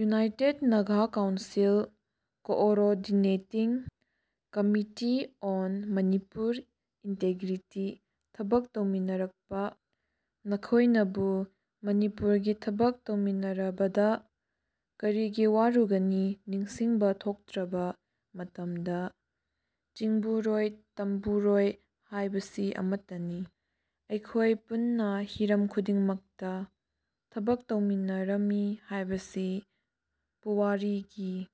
United Naga council, coordinating committee on Manipur integrity ꯊꯕꯛ ꯇꯧꯃꯤꯟꯅꯔꯛꯄ ꯅꯈꯣꯏꯅꯕꯨ ꯃꯅꯤꯄꯨꯔꯒꯤ ꯊꯕꯛ ꯇꯧꯃꯤꯟꯅꯔꯕꯗ ꯀꯔꯤꯒꯤ ꯋꯥꯔꯨꯒꯅꯤ ꯅꯤꯡꯁꯤꯡꯕ ꯊꯣꯛꯇ꯭ꯔꯕ ꯃꯇꯝꯗ ꯆꯤꯡꯕꯨꯔꯣꯏ ꯇꯝꯕꯨꯔꯣꯏ ꯍꯥꯏꯕꯁꯤ ꯑꯃꯠꯇꯅꯤ꯫ ꯑꯩꯈꯣꯏ ꯄꯨꯟꯅ ꯍꯤꯔꯝ ꯈꯨꯗꯤꯡ ꯃꯛꯇ ꯊꯕꯛ ꯇꯧꯃꯤꯟꯅ ꯔꯝꯃꯤ ꯍꯥꯏꯕꯁꯤ ꯄꯨꯋꯥꯔꯤꯒꯤ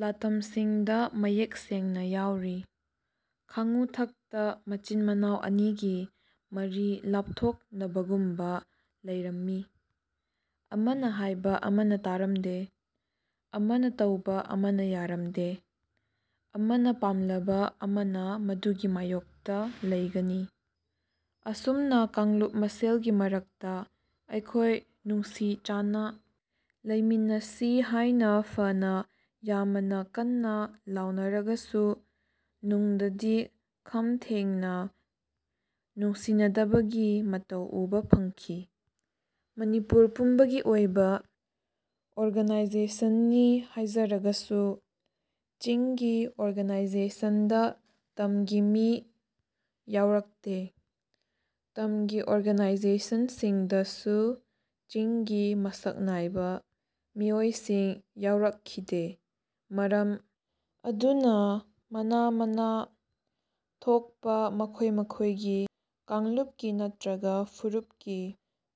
ꯂꯥꯇꯝꯁꯤꯡꯗ ꯃꯌꯦꯛ ꯁꯦꯡꯅ ꯌꯥꯎꯔꯤ꯫ ꯈꯥꯡꯉꯨꯊꯛꯇ ꯃꯆꯤꯟ-ꯃꯅꯥꯎ ꯑꯅꯤꯒꯤ ꯃꯔꯤ ꯂꯥꯞꯊꯣꯛ ꯅꯕꯒꯨꯝꯕ ꯂꯩꯔꯝ ꯃꯤ꯫ ꯑꯃꯅ ꯍꯥꯏꯕ ꯑꯃꯅ ꯇꯥꯔꯝꯗꯦ, ꯑꯃꯅ ꯇꯧꯕ ꯑꯃꯅ ꯌꯥꯔꯝꯗꯦ, ꯑꯃꯅ ꯄꯥꯝꯂꯕ ꯑꯃꯅ ꯃꯗꯨꯒꯤ ꯃꯥꯌꯣꯛꯇ ꯂꯩꯒꯅꯤ꯫ ꯑꯁꯨꯝꯅ ꯀꯥꯡꯂꯨꯞ ꯃꯁꯦꯜꯒꯤ ꯃꯔꯛꯇ ꯑꯩꯈꯣꯏ ꯅꯨꯡꯁꯤ ꯆꯥꯟꯅ ꯂꯩꯃꯤꯟꯅꯁꯤ ꯍꯥꯏꯅ ꯐꯅ ꯌꯥꯃꯅ ꯀꯟꯅ ꯂꯥꯎꯅꯔꯒꯁꯨ ꯅꯨꯡꯗꯗꯤ ꯈꯝ ꯊꯦꯡꯅ ꯅꯨꯡꯁꯤꯅꯗꯕꯒꯤ ꯃꯇꯧ ꯎꯕ ꯐꯪꯈꯤ꯫ ꯃꯅꯤꯄꯨꯔ ꯄꯨꯝꯕꯒꯤ ꯑꯣꯏꯕ ꯑꯣꯔꯒꯅꯥꯏꯖꯦꯁꯟꯅꯤ ꯍꯥꯏꯖꯔꯒꯁꯨ ꯆꯤꯡꯒꯤ ꯑꯣꯔꯒꯅꯥꯏꯖꯦꯁꯟꯗ ꯇꯝꯒꯤ ꯃꯤ ꯌꯥꯎꯔꯛꯇꯦ꯫ ꯇꯝꯒꯤ ꯑꯣꯔꯒꯅꯥꯏꯖꯦꯁꯟꯁꯤꯡ ꯗꯁꯨ ꯆꯤꯡꯒꯤ ꯃꯁꯛ ꯅꯥꯏꯕ ꯃꯤꯑꯣꯏꯁꯤꯡ ꯌꯥꯎꯔꯛ ꯈꯤꯗꯦ꯫ ꯃꯔꯝ ꯑꯗꯨꯅ ꯃꯥꯅꯥ ꯃꯥꯅꯥ ꯊꯣꯛꯄ ꯃꯈꯣꯏ ꯃꯈꯣꯏꯒꯤ ꯀꯥꯡꯂꯨꯞꯀꯤ ꯅꯠꯇ꯭ꯔꯒ ꯐꯨꯔꯨꯞꯀꯤ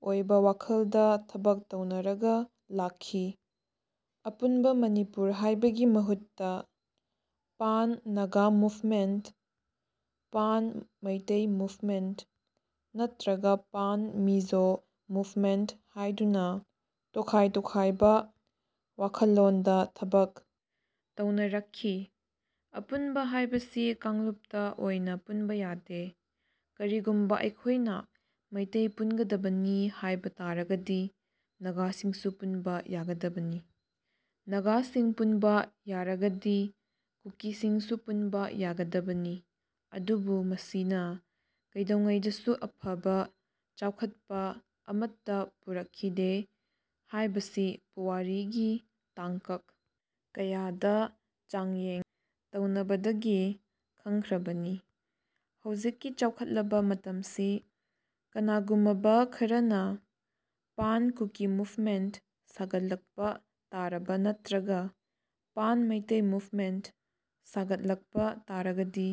ꯑꯣꯏꯕ ꯋꯥꯈꯜꯗ ꯊꯕꯛ ꯇꯧꯅꯔꯒ ꯂꯥꯛꯈꯤ꯫ ꯑꯄꯨꯟꯕ ꯃꯅꯤꯄꯨꯔ ꯍꯥꯏꯕꯒꯤ ꯃꯍꯨꯠꯇ pan Naga movement, pan Meitei movement ꯅꯠꯇ꯭ꯔꯒ ꯄꯥꯟ ꯃꯤꯖꯣ ꯃꯨꯚꯃꯦꯟꯠ ꯍꯥꯏꯗꯨꯅ ꯇꯣꯈꯥꯏ ꯇꯣꯈꯥꯏꯕ ꯋꯥꯈꯜꯂꯣꯟꯗ ꯊꯕꯛ ꯇꯧꯅꯔꯛꯈꯤ꯫ ꯑꯄꯨꯟꯕ ꯍꯥꯏꯕꯁꯤ ꯀꯥꯡꯂꯨꯞꯇ ꯑꯣꯏꯅ ꯄꯨꯟꯕ ꯌꯥꯗꯦ꯫ ꯀꯔꯤꯒꯨꯝꯕ ꯑꯩꯈꯣꯏꯅ ꯃꯩꯇꯩ ꯄꯨꯟꯒꯗꯕꯅꯤ ꯍꯥꯏꯕ ꯇꯥꯔꯒꯗꯤ ꯅꯥꯒꯥꯁꯤꯡꯁꯨ ꯄꯨꯟꯕ ꯌꯥꯒꯗꯕꯅꯤ꯫ ꯅꯥꯒꯥꯁꯤꯡ ꯄꯨꯟꯕ ꯌꯥꯔꯒꯗꯤ ꯀꯨꯀꯤꯁꯤꯡꯁꯨ ꯄꯨꯟꯕ ꯌꯥꯒꯗꯕꯅꯤ꯫ ꯑꯗꯨꯕꯨ ꯃꯁꯤꯅ ꯀꯩꯗꯧꯉꯩꯗꯁꯨ ꯑꯐꯕ, ꯆꯥꯎꯈꯠꯄ ꯑꯃꯠꯇ ꯄꯨꯔꯛ ꯈꯤꯗꯦ ꯍꯥꯏꯕꯁꯤ ꯄꯨꯋꯥꯔꯤꯒꯤ ꯇꯥꯡꯀꯛ ꯀꯌꯥꯗ ꯆꯥꯡꯌꯦꯡ ꯇꯧꯅꯕꯗꯒꯤ ꯈꯪꯈ꯭ꯔꯕꯅꯤ꯫ ꯍꯧꯖꯤꯛꯀꯤ ꯆꯥꯎꯈꯠꯂꯕ ꯃꯇꯝꯁꯤ ꯀꯅꯥꯒꯨꯃꯕ ꯈꯔꯅ ꯄꯥꯟ ꯀꯨꯀꯤ ꯃꯨꯚꯃꯦꯟꯠ ꯁꯥꯒꯠ ꯂꯛꯄ ꯇꯥꯔꯕ ꯅꯠꯇ꯭ꯔꯒ ꯄꯥꯟ ꯃꯩꯇꯩ ꯃꯨꯚꯃꯦꯟꯠ ꯁꯥꯒꯠꯂꯛꯄ ꯇꯥꯔꯒꯗꯤ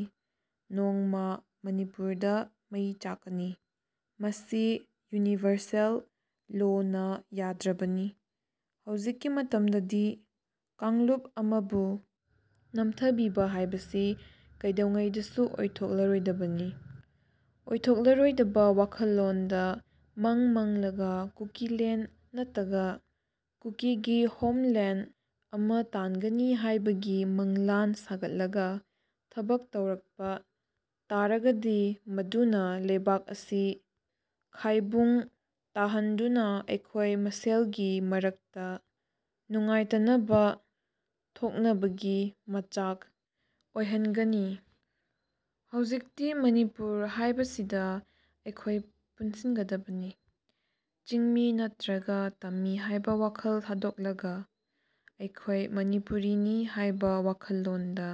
ꯅꯣꯡꯃꯥ ꯃꯅꯤꯄꯨꯔꯗ ꯃꯩ ꯆꯥꯛꯀꯅꯤ꯫ ꯃꯁꯤ ꯌꯨꯅꯤꯚꯔꯁꯦꯜ ꯂꯣꯅ ꯌꯥꯗ꯭ꯔꯕꯅꯤ꯫ ꯍꯧꯖꯤꯛꯀꯤ ꯃꯇꯝꯗꯗꯤ ꯀꯥꯡꯂꯨꯞ ꯑꯃꯕꯨ ꯅꯝꯊꯕꯤꯕ ꯍꯥꯏꯕꯁꯤ ꯀꯩꯗꯧꯉꯩꯗꯁꯨ ꯑꯣꯏꯊꯣꯛ ꯂꯔꯣꯏꯗꯕꯅꯤ꯫ ꯑꯣꯏꯊꯣꯛ ꯂꯔꯣꯏꯗꯕ ꯋꯥꯈꯜꯂꯣꯟꯗ ꯃꯪ ꯃꯪꯂꯒ ꯀꯨꯀꯤꯂꯦꯟꯗ ꯅꯠꯇ꯭ꯒ ꯀꯨꯀꯤꯒꯤ ꯍꯣꯝꯂꯦꯟꯗ ꯑꯃ ꯇꯥꯟꯒꯅꯤ ꯍꯥꯏꯕꯒꯤ ꯃꯪꯂꯥꯟ ꯁꯥꯒꯠꯂꯒ ꯊꯕꯛ ꯇꯧꯔꯛꯄ ꯇꯥꯔꯒꯗꯤ ꯃꯗꯨꯅ ꯂꯩꯕꯥꯛ ꯑꯁꯤ ꯈꯥꯏꯕꯨꯡ ꯇꯥꯍꯟꯗꯨꯅ ꯑꯩꯈꯣꯏ ꯃꯁꯦꯜꯒꯤ ꯃꯔꯛꯇ ꯅꯨꯡꯉꯥꯏꯇꯅꯕ ꯊꯣꯛꯅꯕꯒꯤ ꯃꯆꯥꯛ ꯑꯣꯏꯍꯟꯒꯅꯤ꯫ ꯍꯧꯖꯤꯛꯇꯤ ꯃꯅꯤꯄꯨꯔ ꯍꯥꯏꯕꯁꯤꯗ ꯑꯩꯈꯣꯏ ꯄꯨꯟ ꯁꯤꯟꯒꯗꯕꯅꯤ꯫ ꯆꯤꯡꯃꯤ ꯅꯠꯇ꯭ꯔꯒ ꯇꯝꯃꯤ ꯍꯥꯏꯕ ꯋꯥꯈꯜ ꯊꯥꯗꯣꯛꯂꯒ ꯑꯩꯈꯣꯏ ꯃꯅꯤꯄꯨꯔꯤꯅꯤ ꯍꯥꯏꯕ ꯋꯥꯈꯜꯂꯣꯟꯗ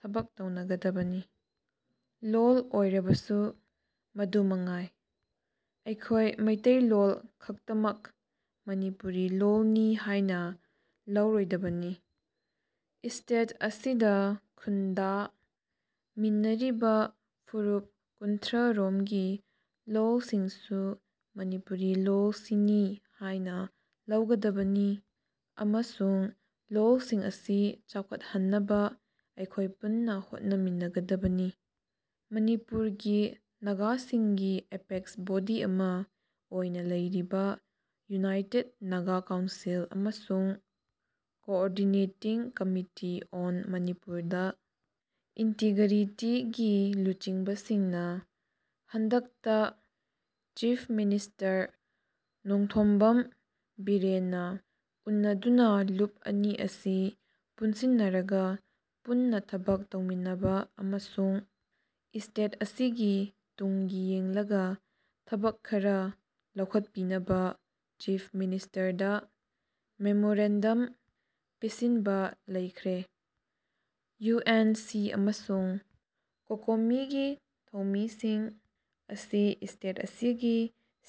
ꯊꯕꯛ ꯇꯧꯅꯒꯗꯕꯅꯤ꯫ ꯂꯣꯜ ꯑꯣꯏꯔꯕꯁꯨ ꯑꯗꯨ ꯃꯉꯥꯏ꯫ ꯑꯩꯈꯣꯏ ꯃꯩꯇꯩꯂꯣꯜ ꯈꯛꯇꯃꯛ ꯃꯅꯤꯄꯨꯔꯤ ꯂꯣꯜꯅꯤ ꯍꯥꯏꯅ ꯂꯧꯔꯣꯏꯗꯕꯅꯤ꯫ ꯏꯁꯇꯦꯠ ꯑꯁꯤꯗ ꯈꯨꯟꯗꯥ ꯃꯤꯟꯅꯔꯤꯕ ꯐꯨꯔꯨꯞ ꯀꯨꯟꯊ꯭ꯔ ꯔꯣꯝꯒꯤ ꯂꯣꯜꯁꯤꯡꯁꯨ ꯃꯅꯤꯄꯨꯔꯤ ꯂꯣꯜꯁꯤꯅꯤ ꯍꯥꯏꯅ ꯂꯧꯒꯗꯕꯅꯤ ꯑꯃꯁꯨꯡ ꯂꯣꯜꯁꯤꯡ ꯑꯁꯤ ꯆꯥꯎꯈꯠꯍꯟꯅꯕ ꯑꯩꯈꯣꯏ ꯄꯨꯟꯅ ꯍꯣꯠꯅ ꯃꯤꯟꯅ ꯒꯗꯕꯅꯤ꯫ ꯃꯅꯤꯄꯨꯔꯒꯤ ꯅꯥꯒꯥꯁꯤꯡꯒꯤ ꯑꯦꯄꯦꯛꯁ ꯕꯣꯗꯤ ꯑꯃ ꯑꯣꯏꯅ ꯂꯩꯔꯤꯕ ꯌꯨꯅꯥꯏꯇꯦꯗ ꯅꯥꯒꯥ ꯀꯥꯎꯟꯁꯤꯜ ꯑꯃꯁꯨꯡ ꯀꯣꯑꯣꯔꯗꯤꯅꯦꯇꯤꯡ ꯀꯝꯃꯤꯇꯤ ꯑꯣꯟ ꯃꯅꯤꯄꯨꯔꯗ ꯏꯟꯇꯤꯒꯔꯤꯇꯤ ꯒꯤ ꯂꯨꯆꯤꯡꯕꯁꯤꯡꯅ ꯍꯟꯗꯛꯇ ꯆꯤꯐ ꯃꯤꯅꯤꯁꯇꯔ ꯅꯣꯡꯊꯣꯝꯕꯝ ꯕꯤꯔꯦꯟꯅ ꯎꯟꯅꯗꯨꯅ ꯂꯨꯞ ꯑꯅꯤ ꯑꯁꯤ ꯄꯨꯟꯁꯤꯟꯅꯔꯒ ꯄꯨꯟꯅ ꯊꯕꯛ ꯇꯧꯃꯤꯟꯅꯕ ꯑꯃꯁꯨꯡ ꯏꯁꯇꯦꯠ ꯑꯁꯤꯒꯤ ꯇꯨꯡꯒꯤ ꯌꯦꯡꯂꯒ ꯊꯕꯛ ꯈꯔ ꯂꯧꯈꯠꯄꯤꯅꯕ ꯆꯤꯐ ꯃꯤꯅꯤꯁꯇꯔꯗ ꯃꯦꯃꯣꯔꯦꯟꯗꯝ ꯄꯤꯁꯤꯟꯕ ꯂꯩꯈ꯭ꯔꯦ꯫ ꯌꯨ ꯑꯦꯟ ꯁꯤ ꯑꯃꯁꯨꯡ ꯀꯣꯀꯣꯃꯤꯒꯤ ꯊꯧꯃꯤꯁꯤꯡ ꯑꯁꯤ ꯏꯁꯇꯦꯠ ꯑꯁꯤꯒꯤ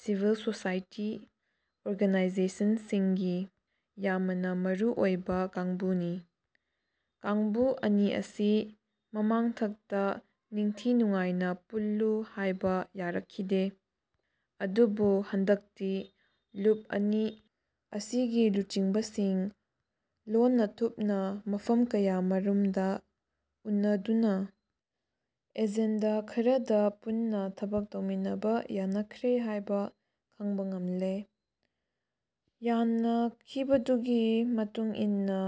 ꯁꯤꯚꯤꯜ ꯁꯣꯁꯥꯏꯇꯤ ꯑꯣꯔꯒꯅꯥꯏꯖꯦꯁꯟꯁꯤꯡꯒꯤ ꯌꯥꯃꯅ ꯃꯔꯨ ꯑꯣꯏꯕ ꯀꯥꯡꯕꯨꯅꯤ꯫ ꯀꯥꯡꯕꯨ ꯑꯅꯤ ꯑꯁꯤ ꯃꯃꯥꯡꯊꯛꯇ ꯅꯤꯡꯊꯤ ꯅꯨꯡꯉꯥꯏꯅ ꯄꯨꯜꯂꯨ ꯍꯥꯏꯕ ꯌꯥꯔꯛ ꯈꯤꯗꯦ꯫ ꯑꯗꯨꯕꯨ ꯍꯟꯗꯛꯇꯤ ꯂꯨꯞ ꯑꯅꯤ ꯑꯁꯤꯒꯤ ꯂꯨꯆꯤꯡꯕꯁꯤꯡ ꯂꯣꯟꯅ-ꯊꯨꯞꯅ ꯃꯐꯝ ꯀꯌꯥ ꯃꯔꯨꯝꯗ ꯎꯟꯅꯗꯨꯅ ꯑꯦꯖꯦꯟꯗ ꯈꯔꯗ ꯄꯨꯟꯅ ꯊꯕꯛ ꯇꯧꯃꯤꯟꯅꯕ ꯌꯥꯅꯈ꯭ꯔꯦ ꯍꯥꯏꯕ ꯈꯪꯕ ꯉꯝꯂꯦ꯫ ꯌꯥꯟꯅ ꯈꯤꯕꯗꯨꯒꯤ ꯃꯇꯨꯡ ꯏꯟꯅ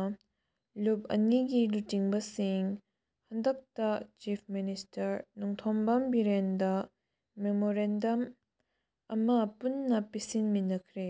ꯂꯨꯞ ꯑꯅꯤꯒꯤ ꯂꯨꯆꯤꯡꯕꯁꯤꯡ ꯍꯟꯗꯛꯇ ꯆꯤꯐ ꯃꯤꯅꯤꯁꯇꯔ ꯅꯣꯡꯊꯣꯝꯕꯝ ꯕꯤꯔꯦꯟꯗ ꯃꯦꯃꯣꯔꯦꯟꯗꯝ ꯑꯃ ꯄꯨꯟꯅ ꯄꯤꯁꯤꯟ ꫬꯃꯤꯟꯅꯈ꯭ꯔꯦ꯫